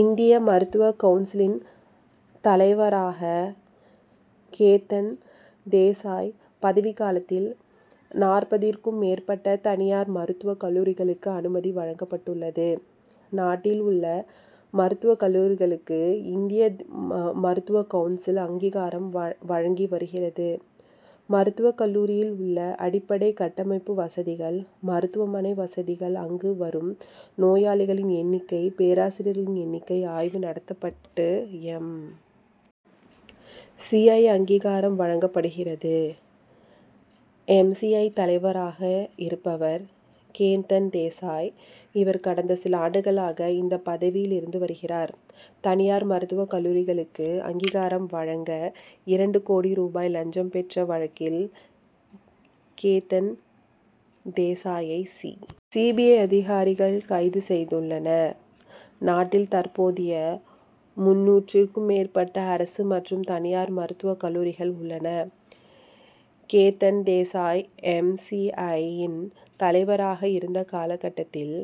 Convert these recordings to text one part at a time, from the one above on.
இந்திய மருத்துவக் கவுன்சிலின் தலைவராக கேதன் தேசாய் பதவிக்காலத்தில் நாற்பதுக்கும் மேற்பட்ட தனியார் மருத்துவக் கல்லூரிகளுக்கு அனுமதி வழங்கப்பட்டுள்ளது. நாட்டில் உள்ள மருத்துவக் கல்லூரிகளுக்கு இந்திய மருத்துவக் கவுன்சில் அங்கீகாரம் வ வழங்கி வருகிறது. மருத்துவக் கல்லூரியில் உள்ள அடிப்படைக் கட்டமைப்பு வசதிகள், மருத்துவமனை வசதிகள் அங்கு வரும் நோயாளிகள் எண்ணிக்கை பேராசிரியர்கள் எண்ணிக்கை ஆய்வு நடத்தப்பட்டு எம். சி. ஐ. அங்கீகாரம் வழங்கப்படுகிறது. எம். சி. ஐ. தலைவராக இருப்பவர் கேதன் தேசாய். இவர் கடந்த சில ஆண்டுகளாக இந்த பதவியில் இருந்து வருகிறார். தனியார் மருத்துவக் கல்லூரிக்கு அங்கீகாரம் வழங்க இரண்டு கோடி ரூபாய் லஞ்சம் பெற்ற வழக்கில் கேதன் தேசாயை சி. C B. ஐ.அதிகாரிகள் கைது செய்துள்ளனர். நாட்டில் தற்போதிய் முந்நூற்றுக்கும் மேற்பட்ட அரசு மற்றும் தனியார் மருத்துவக் கல்லூரிகள் உள்ளன. கேதன் தேசாய் எம். சி. ஐ.யின் தலைவராக இருந்த காலகட்டத்தில்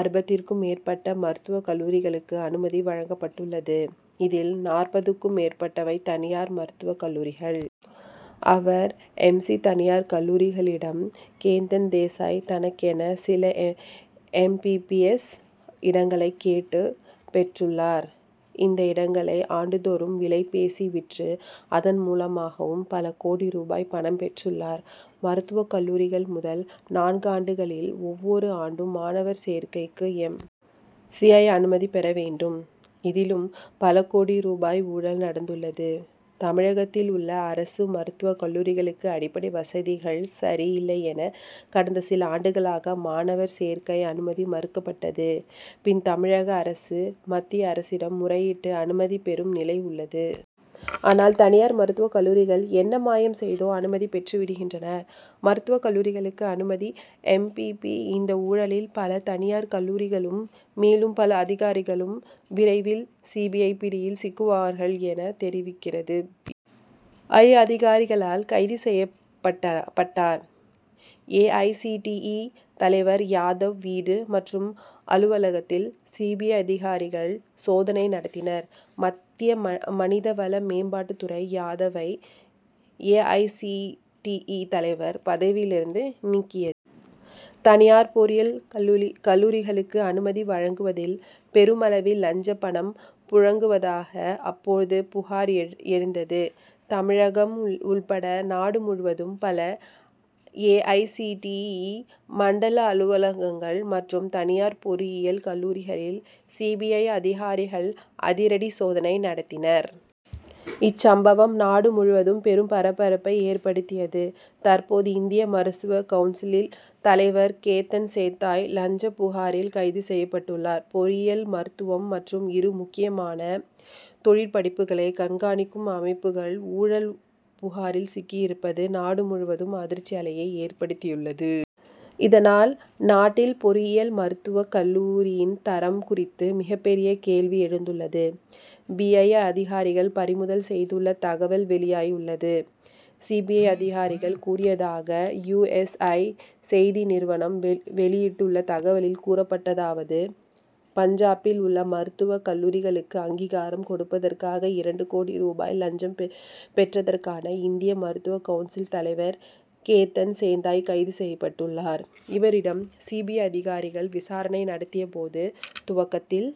அறுபதுக்கும் மேற்பட்ட மருத்துவக் கல்லூரிகளுக்கு அனுமதி வழங்கப்பட்டுள்ளது. இதில் நாற்பதுக்கும் மேற்பட்டவை தனியார் மருத்துவக் கல்லூரிகள். அவர் எம். சி. தனியார் கல்லூரிகளிடம் கேதன் தேசாய் தனக்கென சில எம். பி. பி. எஸ். இடங்களை கேட்டுப் பெற்றுள்ளார். அந்த இடங்களை ஆண்டுதோறும் விலை பேசி விற்று இதன் மூலமாகவும் பல கோடி ரூபாய் பணம் பெற்றுள்ளார். மருத்துவக் கல்லூரிகள் முதல் நான்கு ஆண்டுகளில் ஒவ்வொரு ஆண்டும் மாணவர் சேர்க்கைக்கு எம். சி. ஐ., அனுமதி பெற வேண்டும். இதிலும் பல கோடி ரூபாய் ஊழல் நடந்துள்ளது. தமிழகத்தில் உள்ள அரசு மருத்துவக் கல்லூரிகளுக்கு அடிப்படை வசதிகள் சரியில்லை என கடந்த சில ஆண்டுகளாக மாணவர் சேர்க்கை அனுமதி மறுக்கப்பட்டது. பின் தமிழக அரசு மத்திய அரசிடம் முறையிட்டு அனுமதி பெறும் நிலை உள்ளது. ஆனால் தனியார் மருத்துவக் கல்லூரிகள் என்ன மாயம் செய்தோ அனுமதி பெற்று விடுகின்றன. மருத்துவக் கல்லூரிகளுக்கு அனுமதி எம். பி. பி. இந்த ஊழலில் பல தனியார் கல்லூரிகளும் மேலும் பல அதிகாரிகளும் விரைவில் சி. பி. ஐ. பிடியில் சிக்குவார்கள் என தெரிவிக்கிறது. பி. ஐ. அதிகாரிகளால் கைது செய்யப்பட்டார் பட்டார். A. I. C. T. E. தலைவர் யாதவ் வீடு மற்றும் அலுவலகத்தில் சி. பி. ஐ. அதிகாரிகள் சோதனை நடத்தினர். மத்திய மனிதவள மேம்பாட்டுத் துறை யாதவை A. I. C. T. E. தலைவர் பதவியிலிருந்து நீக்கியது. தனியார் பொறியியல் கல்லூரிகளுக்கு அனுமதி வழங்குவதில் பெருமளவில் லஞ்சப் பணம் புழங்குவதாக அப்போது புகார் எழுந்தது. தமிழகம் உள்பட நாடு முழுவதும் பல A. I. C. T. E. மண்டல அலுவலகங்கள் மற்றும் தனியார் பொறியியல் கல்லூரிகளில் சி. பி. ஐ.அதிகாரிகள் அதிரடி சோதனை நடத்தினர். இச்சம்பவம் நாடு முழுவதும் பெரும் பரபரப்பை ஏற்படுத்தியது. தற்போது இந்திய மருத்துவக் கவுன்சில் தலைவர் கேதன் சேதாய், லஞ்சப் புகாரில் கைது செய்யப்பட்டுள்ளார். பொறியியல் மருத்துவம் என இரு முக்கியமான தொழிற்படிப்புகளை கண்காணிக்கும் அமைப்புகள் ஊழல் புகாரில் சிக்கியிருப்பது நாடு முழுவதும் அதிர்ச்சி அலையை ஏற்படுத்தியுள்ளது. இதனால் நாட்டில் பொறியியல் மருத்துவக் கல்வியின் தரம் குறித்து மிகப்பெரிய கேள்வி எழுந்துள்ளது. பி. ஐ. அதிகாரிகள் பறிமுதல் செய்துள்ள தகவல் வெளியாகியுள்ளது. சி. பி. ஐ. அதிகாரிகள் கூறியதாக யு. என். ஐ.செய்தி நிறுவனம் வெளியிட்டுள்ள தகவலில் கூறப்பட்டுள்ளதாவது பஞ்சாபில் உள்ள மருத்துவக் கல்லூரிக்கு அங்கீகாரம் கொடுப்பதற்காக இரண்டு கோடி ரூபாய் லஞ்சம் பெற்றதற்காக இந்திய மருத்துவக் கவுன்சில் தலைவர் கேதன் சேதாய் கைது செய்யப்பட்டுள்ளார். இவரிடம் சி. பி. ஐ. அதிகாரிகள் விசாரணை நடத்தியபோது, துவக்கத்தில்